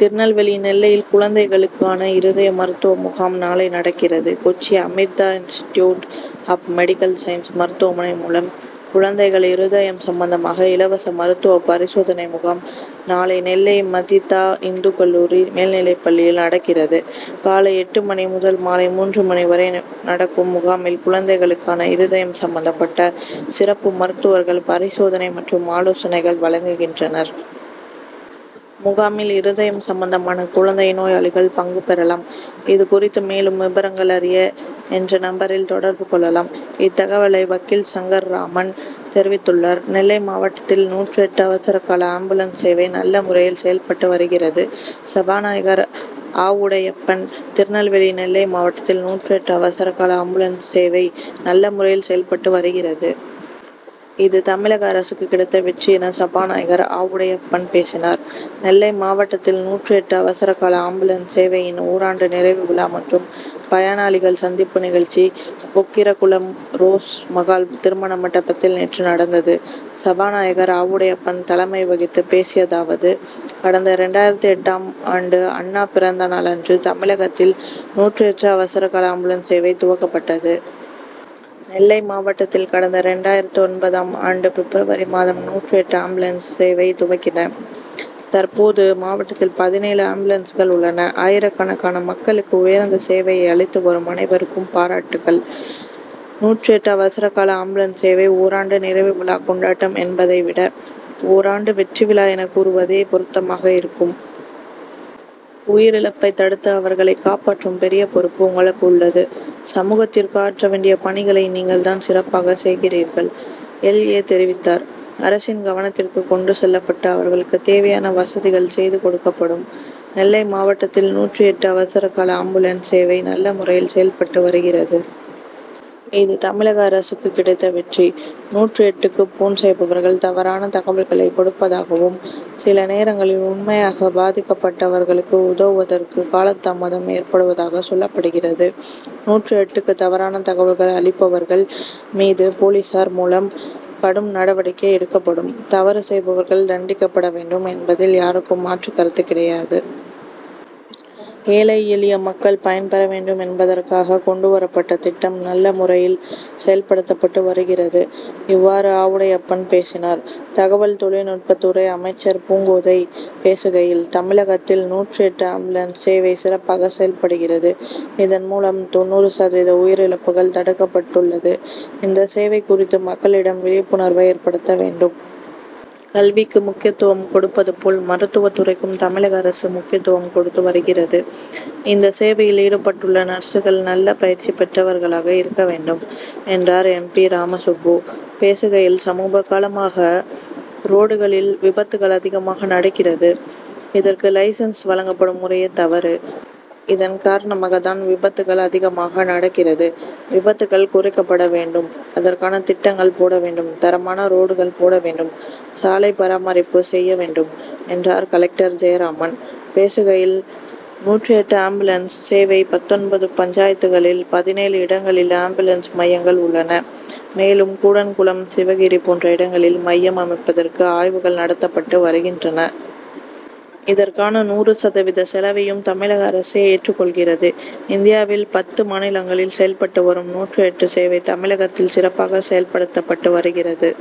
திருநெல்வேலி நெல்லையில் குழந்தைகளுக்கான இருதய மருத்துவ முகாம் நாளை நடக்கிறது. Kochi Amrita institute of medical science மருத்துவமனை மூலம் குழந்தைகள் இருதயம் சம்பந்தமான இலவச மருத்துவ பரிசோதனை முகாம் நாளை நெல்லை ம. தி. தா. இந்துக் கல்லூரி மேல்நிலைப்பள்ளியில் நடக்கிறது. காலை எட்டு மணி முதல் மாலை மூன்று மணி வரை நடக்கும் முகாமில் குழந்தைகளுக்கான இருதயம் சம்பந்தப்பட்ட சிறப்பு மருத்துவர்கள் பரிசோதனை மற்றும் ஆலோசனைகள் வழங்குகின்றனர். முகாமில் இருதயம் சம்பந்தமான குழந்தை நோயாளிகள் பங்கு பெறலாம். இதுகுறித்து மேலும் விபரங்கள் அறிய, என்ற நம்பரில் தொடர்பு கொள்ளலாம். இத்தகவலை வக்கீல் சங்கர்ராமன் தெரிவித்துள்ளார். நெல்லை மாவட்டத்தில் நூற்று எட்டு அவசரகால ஆம்புலன்ஸ் சேவை நல்ல முறையில் செயல்பட்டு வருகிறது சபாநாயகர் ஆவுடையப்பன் திருநெல்வேலி நெல்லை மாவட்டத்தில் நூற்று எட்டு அவசரகால ஆம்புலன்ஸ் சேவை நல்ல முறையில் செயல்பட்டு வருகிறது. இது தமிழக அரசுக்கு கிடைத்த வெற்றி என சபாநாயகர் ஆவுடையப்பன் பேசினார். நெல்லை மாவட்டத்தில் நூற்று எட்டு அவசரகால ஆம்புலன்ஸ் சேவையின் ஓராண்டு நிறைவு விழா மற்றும் பயனாளிகள் சந்திப்பு நிகழ்ச்சி, கொக்கிரகுளம் ரோஸ் மகால் திருமண மண்டபத்தில் நேற்று நடந்தது. சபாநாயகர் ஆவுடையப்பன் தலைமை வகித்து பேசியதாவது: கடந்த இரண்டாயிரத்து எட்டாம் ஆண்டு அண்ணா பிறந்தநாள் அன்று தமிழகத்தில் நூற்று எட்டு அவசரகால ஆம்புலன்ஸ் சேவை துவக்கப்பட்டது. நெல்லை மாவட்டத்தில் கடந்த இரண்டாயிரத்து ஒன்பதாம் ஆண்டு பிப்ரவரி மாதம் நூற்று எட்டு ஆம்புலன்ஸ் சேவை துவக்கினர். தற்போது மாவட்டத்தில் பதினேழு ஆம்புலன்ஸ்கள் உள்ளன. ஆயிரக்கணக்கான மக்களுக்கு உயர்ந்த சேவையை அளித்துவரும் அனைவருக்கும் பாராட்டுக்கள். நூற்று எட்டு அவசரகால ஆம்புலன்ஸ் சேவை ஓராண்டு நிறைவு விழா கொண்டாட்டம் என்பதை விட ஓராண்டு வெற்றிவிழா' என கூறுவதே பொருத்தமாக இருக்கும். உயிர் இழப்பை தடுத்து அவர்களை காப்பாற்றும் பெரிய பொறுப்பு உங்களுக்கு உள்ளது. சமூகத்திற்கு ஆற்றவேண்டிய பணிகளை நீங்கள் தான் சிறப்பாக செய்கிறீர்கள். எல். ஏ.,தெரிவித்தார். அரசின் கவனத்திற்கு கொண்டு செல்லப்பட்டு அவர்களுக்கு தேவையான வசதிகள் செய்துகொடுக்கப்படும். நெல்லை மாவட்டத்தில் நூற்று எட்டு அவசரகால ஆம்புலன்ஸ் சேவை நல்லமுறையில் செயல்பட்டு வருகிறது. இது தமிழக அரசுக்கு கிடைத்த வெற்றி. நூற்று எட்டுக்கு போன் செய்பவர்கள் தவறான தகவல்களை கொடுப்பதாகவும், சில நேரங்களில் உண்மையாக பாதிக்கப்பட்டவர்களுக்கு உதவுவதற்கு காலதாமதம் ஏற்படுவதாக சொல்லப்படுகிறது. நூற்று எட்டுக்கு தவறான தகவல்கள் அளிப்பவர்கள் மீது போலீசார் மூலம் கடும் நடவடிக்கை எடுக்கப்படும். தவறு செய்பவர்கள் தண்டிக்கப்படவேண்டும் என்பதில் யாருக்கும் மாற்றுகருத்து கிடையாது. ஏழை, எளிய மக்கள் பயன்பெற வேண்டும் என்பதற்காக கொண்டுவரப்பட்ட திட்டம் நல்ல முறையில் செயல்படுத்தப்பட்டு வருகிறது. இவ்வாறு ஆவுடையப்பன் பேசினார். தகவல் தொழில்நுட்பத்துறை அமைச்சர் பூங்கோதை பேசுகையில், தமிழகத்தில் நூற்று எட்டு ஆம்புலன்ஸ் சேவை சிறப்பாக செயல்படுகிறது. இதன்மூலம் தொண்ணூறு சதவீத உயிர் இழப்புகள் தடுக்கப்பட்டுள்ளது. இந்த சேவை குறித்து மக்களிடம் விழிப்புணர்வை ஏற்படுத்த வேண்டும். கல்விக்கு முக்கியத்துவம் கொடுப்பது போல், மருத்துவ துறைக்கும் தமிழக அரசு முக்கியத்துவம் கொடுத்து வருகிறது. இந்த சேவையில் ஈடுபட்டுள்ள நர்சுகள் நல்ல பயிற்சி பெற்றவர்களாக இருக்க வேண்டும். 'என்றார். எம். பி.,ராமசுப்பு பேசுகையில், சமீபகாலமாக ரோடுகளில் விபத்துகள் அதிகமாக நடக்கிறது. இதற்கு லைசென்ஸ்' வழங்கப்படும் முறையே தவறு. இதன் காரணமாக தான் விபத்துகள் அதிகமாக நடக்கிறது. விபத்துகள் குறைக்கப்படவேண்டும். அதற்கான திட்டங்கள் போடவேண்டும். தரமான ரோடுகள் போடவேண்டும். சாலைபராமரிப்பு செய்யவேண்டும். 'என்றார். கலெக்டர் ஜெயராமன் பேசுகையில், நூற்று எட்டு ஆம்புலன்ஸ் சேவை பத்தொன்பது பஞ்சாயத்துகளில் பதினேழு இடங்களில் ஆம்புலன்ஸ் மையங்கள் உள்ளன. மேலும் கூடன்குளம், சிவகிரி போன்ற இடங்களில் மையம் அமைப்பதற்கு ஆய்வுகள் நடத்தப்பட்டு வருகின்றன. இதற்கான நூறு சதவீத செலவையும் தமிழக அரசே ஏற்றுக்கொள்கிறது. இந்தியாவில் பத்து மாநிலங்களில் செயல்பட்டு வரும் நூற்று எட்டு சேவை தமிழகத்தில் சிறப்பாக செயல்படுத்தப்பட்டு வருகிறது.